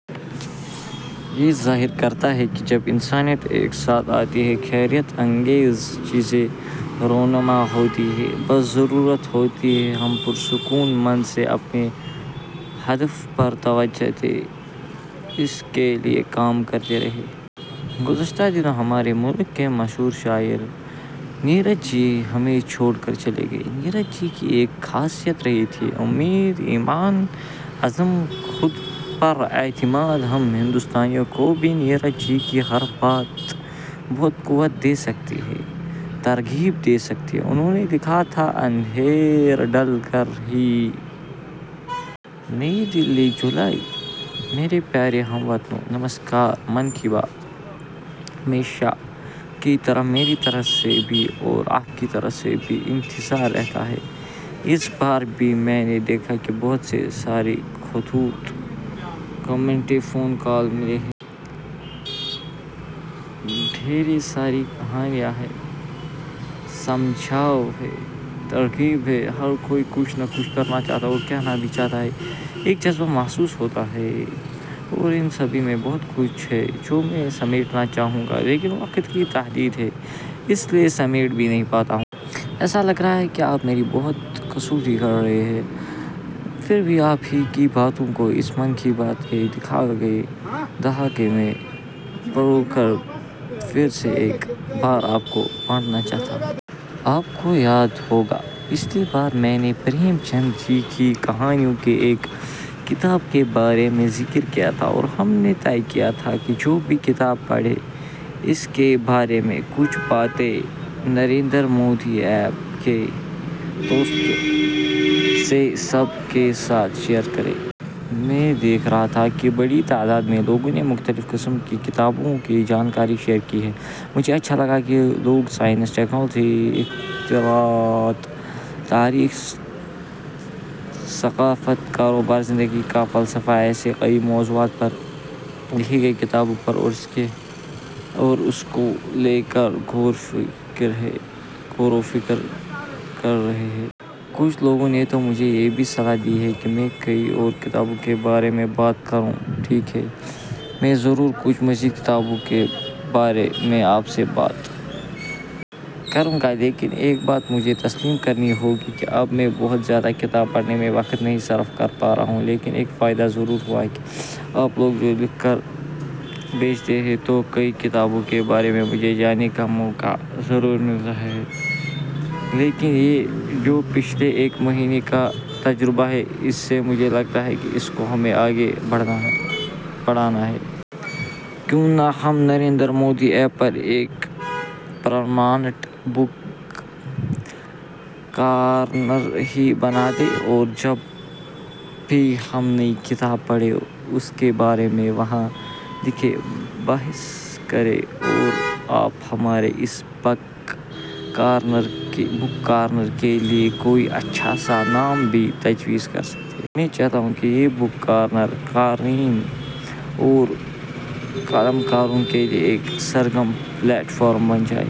یہ ظاہر کرتا ہے کہ جب انسانیت ایک ساتھ آتی ہے، حیرت انگیز چیزیں رونما ہوتی ہیں۔ بس ضرورت ہوتی ہے ہم پرسکون من سے اپنے ہدف پر توجہ دیں، اس کے لیے کام کرتے رہیں۔ گزشتہ دنوں ہمارے ملک کے مشہور شاعر نیرج جی ہمیں چھوڑ کر چلے گئے۔ نیرج جی کی ایک خاصیت رہی تھی – امید، ایمان، عزم، خود پر اعتماد۔ ہم ہندوستانیوں کو بھی نیرج جی کی ہر بات بہت قوت دے سکتی ہے، ترغیب دے سکتی ہے – انہوں نے لکھا تھا – 'اندھیار ڈھل کر ہی. نئی دہلی، جولائی/ میرے پیارے ہم وطنو، نمسکار! 'من کی بات' ہمیشہ کی طرح میری طرف سے بھی اور آپ کی طرف سے بھی انتظار رہتا ہے۔ اس بار بھی میں نے دیکھا کہ بہت سے سارے خطوط، کمینٹس، فون کال ملے ہیں۔ ڈھیرے ساری کہانیاں ہیں، سجھاؤ ہیں، ترغیب ہیں، ہر کوئی کچھ نہ کچھ کرنا چاہتا ہے اور کہنا بھی چاہتا ہے۔ ایک جذبہ محسوس ہوتا ہے اور ان سبھی میں بہت کچھ ہے جو میں سمیٹنا چاہوں گا لیکن وقت کی تحدید ہے اس لیے سمیٹ بھی نہیں پاتا ہوں۔ ایسا لگ رہا ہے کہ آپ میری بہت کسوٹی کر رہے ہیں۔ پھر بھی آپ ہی کی باتوں کو اس 'من کی بات' کے دھاگے میں پروکر پھر سے ایک بار آپ کو بانٹنا چاہتا ہوں۔ آپ کو یاد ہوگا پچھلی بار میں نے پریم چند جی کی کہانیوں کی ایک کتاب کے بارے میں ذکر کیا تھا اور ہم نے طے کیا تھا کہ جو بھی کتاب پڑھے اس کے بارے میں کچھ باتیں نریندر مودی ایپ کے توسط سے سب کے ساتھ شیئر کریں۔ میں دیکھ رہا تھا کہ بڑی تعداد میں لوگوں نے مختلف قسم کی کتابوں کی جانکاری شیئر کی ہیں۔ مجھے اچھا لگا کہ لوگ سائنس، ٹیکنالوجی، اختراعات، تاریخ، ثقافت، کاروبار، زندگی کا فلسفہ ایسےکئی موضوعات پر لکھی گئی کتابوں پر اور اس کو لے کر غور وفکر کر رہے ہیں۔ کچھ لوگوں نے تو مجھے یہ بھی صلاح دی ہے کہ میں کئی اور کتابوں کے بارے میں بات کروں۔ ٹھیک ہے! میں ضرور کچھ مزید کتابوں کے بارے میں آپ سے بات کروں گا لیکن ایک بات مجھے تسلیم کرنی ہوگی کہ اب میں بہت زیادہ کتاب پڑھنے میں وقت نہیں صرف کر پا رہا ہوں لیکن ایک فائدہ ضرور ہوا ہے کہ آپ لوگ جو لکھ کر بھیجتے ہیں تو کئی کتابوں کے بارے میں مجھے جاننے کا موقع ضرور مل رہا ہے لیکن یہ جو پچھلے ایک مہینے کا تجربہ ہے اس سے مجھے لگتا ہے کہ اس کو ہمیں آگے بڑھانا ہے۔ کیوں نہ ہم نریندر مودی ایپ پر ایک پرماننٹ بک کارنر ہی بنا دیں۔ اور جب بھی ہم نئی کتاب پڑھیں اس کے بارے میں وہاں لکھیں، بحث کریں اور آپ ہمارے اس بک کارنر کے لیے کوئی اچھا سا نام بھی تجویز کرسکتے ہیں۔ میں چاہتا ہوں کہ یہ بک کارنر قارئین اور قلمکاروں کے لیے ایک سرگرم پلیٹ فارم بن جائے۔